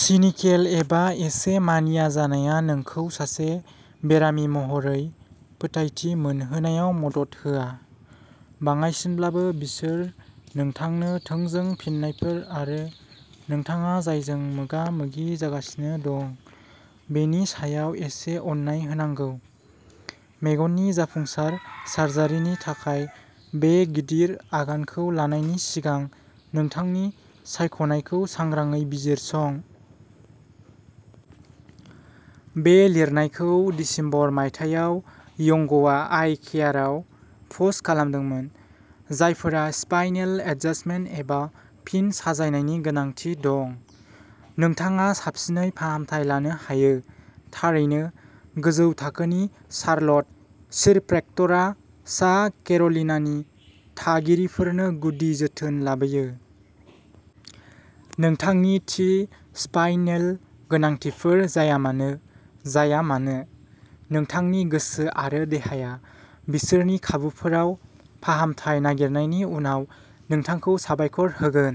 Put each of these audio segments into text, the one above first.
सिनिकेल एबा एसे मानिया जानाया नोंखौ सासे बेरामि महरै फोथायथि मोनहोनायाव मदद होआ। बाङाइसिनब्लाबो, बिसोर नोंथांनो थोंजों फिन्नायफोर आरो नोंथाङा जायजों मोगा-मोगि जागासिनो दं बेनि सायाव एसे अननाय होनांगौ। मेगननि जाफुंसार सार्जारिनि थाखाय बे गिदिर आगानखौ लानायनि सिगां नोंथांनि सायख'नायखौ सांग्राङै बिजिरसं। बे लिरनायखौ दिसेम्बर, मायथाइयाव यंगआ आइ केयारआव पस्ट खालामदोंमोन। जायफोरा स्पाइनेल एडजस्टमेन्ट एबा फिन साजायनायनि गोनांथि दं, नोंथाङा साबसिनै फाहामथाय लानो हायो। थारैनो, गोजौ थाखोनि शार्लट चिरप्रेक्टरआ सा केर'लिनानि थागिरिफोरनो गुदि जोथोन लाबोयो। नोंथांनि थि स्पाइनेल गोनांथिफोर जायामानो जाया मानो, नोंथांनि गोसो आरो देहाया बिसोरनि खाबुफोराव फाहामथाय नागिरनायनि उनाव नोंथांखौ साबायखर होगोन।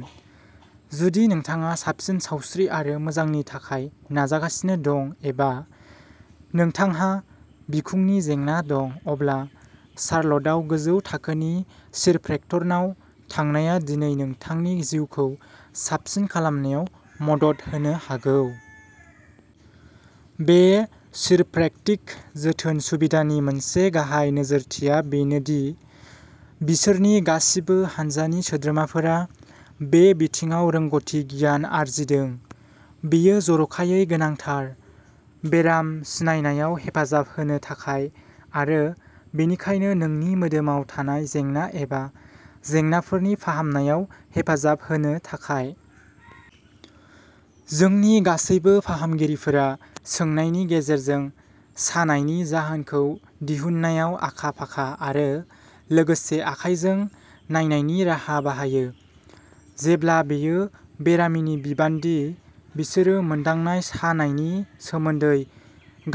जुदि नोंथाङा साबसिन सावस्रि आरो मोजांनि थाखाय नाजागासिनो दं एबा नोंथांहा बिखुंनि जेंना दं, अब्ला शार्लटआव गोजौ थाखोनि चिरप्रेक्टरनाव थांनाया दिनै नोंथांनि जिउखौ साबसिन खालामनायाव मदद होनो हागौ। बे चिरप्रेक्टिक जोथोन सुबिदानि मोनसे गाहाय नोजोरथिआ बेनो दि बिसोरनि गासिबो हानजानि सोद्रोमाफोरा बे बिथिङाव रोंग'थि गियान आरजिदों। बेयो जर'खायै गोनांथार। बेराम सिनायनायाव हेफाजाब होनो थाखाय आरो बेनिखायनो नोंनि मोदोमाव थानाय जेंना एबा जेंनाफोरनि फाहामनायाव हेफाजाब होनो थाखाय। जोंनि गासैबो फाहामगिरिफोरा सोंनायनि गेजेरजों सानायनि जाहोनखौ दिहुननायाव आखा-फाखा आरो लोगोसे आखायजों नायनायनि राहा बाहायो। जेब्ला बेयो बेरामिनि बिबान दि बिसोरो मोनदांनाय सानायनि सोमोन्दै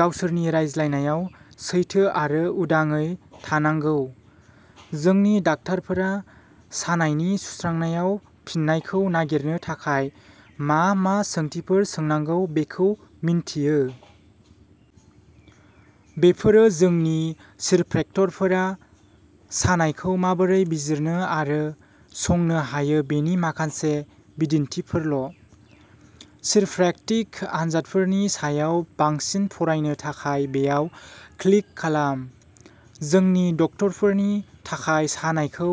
गावसोरनि रायज्लायनायाव सैथो आरो उदाङै थानांगौ, जोंनि डाक्टारफोरा सानायनि सुस्रांनायाव फिननायखौ नागिरनो थाखाय मा-मा सोंथिफोर सोंनांगौ बेखौ मिन्थियो। बेफोरो जोंनि चिरप्रेक्टरफोरा सानायखौ माबोरै बिजिरनो आरो संनो हायो बेनि माखासे बिदिन्थिफोरल'। चिरप्रेक्टिक आनजादफोरनि सायाव बांसिन फरायनो थाखाय बेयाव क्लिक खालाम। जोंनि डक्टरफोरनि थाखाय सानायखौ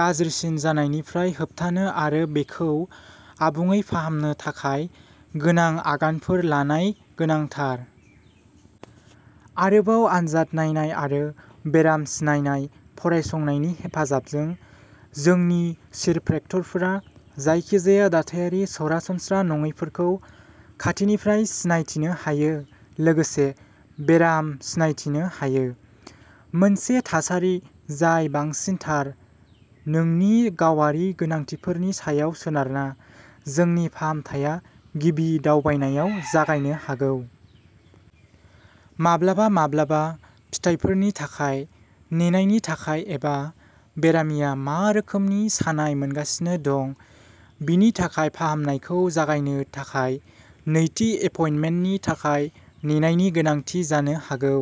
गाज्रिसिन जानायनिफ्राय होबथानो आरो बेखौ आबुङै फाहामनो थाखाय गोनां आगानफोर लानाय गोनांथार। आरोबाव आनजाद नायनाय आरो बेराम सिनायनाय फरायसंनायनि हेफाजाबजों, जोंनि चिरप्रेक्टरफोरा जायखिजाया दाथायारि सरासनस्रा नङैफोरखौ खाथिनिफ्राय सिनायथिनो हायो लोगोसे बेराम सिनायथिनो हायो। मोनसे थासारि जाय बांसिन थार। नोंनि गावारि गोनांथिफोरनि सायाव सोनारना, नोंनि फाहामथाया गिबि दावबायनायाव जागायनो हागौ। माब्लाबा माब्लाबा फिथायफोरनि थाखाय नेनायनि थाखाय एबा बेरामिया मा रोखोमनि सानाय मोनगासिनो दं बिनि थाखाय फाहामनायखौ जागायनो थाखाय नैथि एपइन्टमेन्टनि थाखाय नेनायनि गोनांथि जानो हागौ।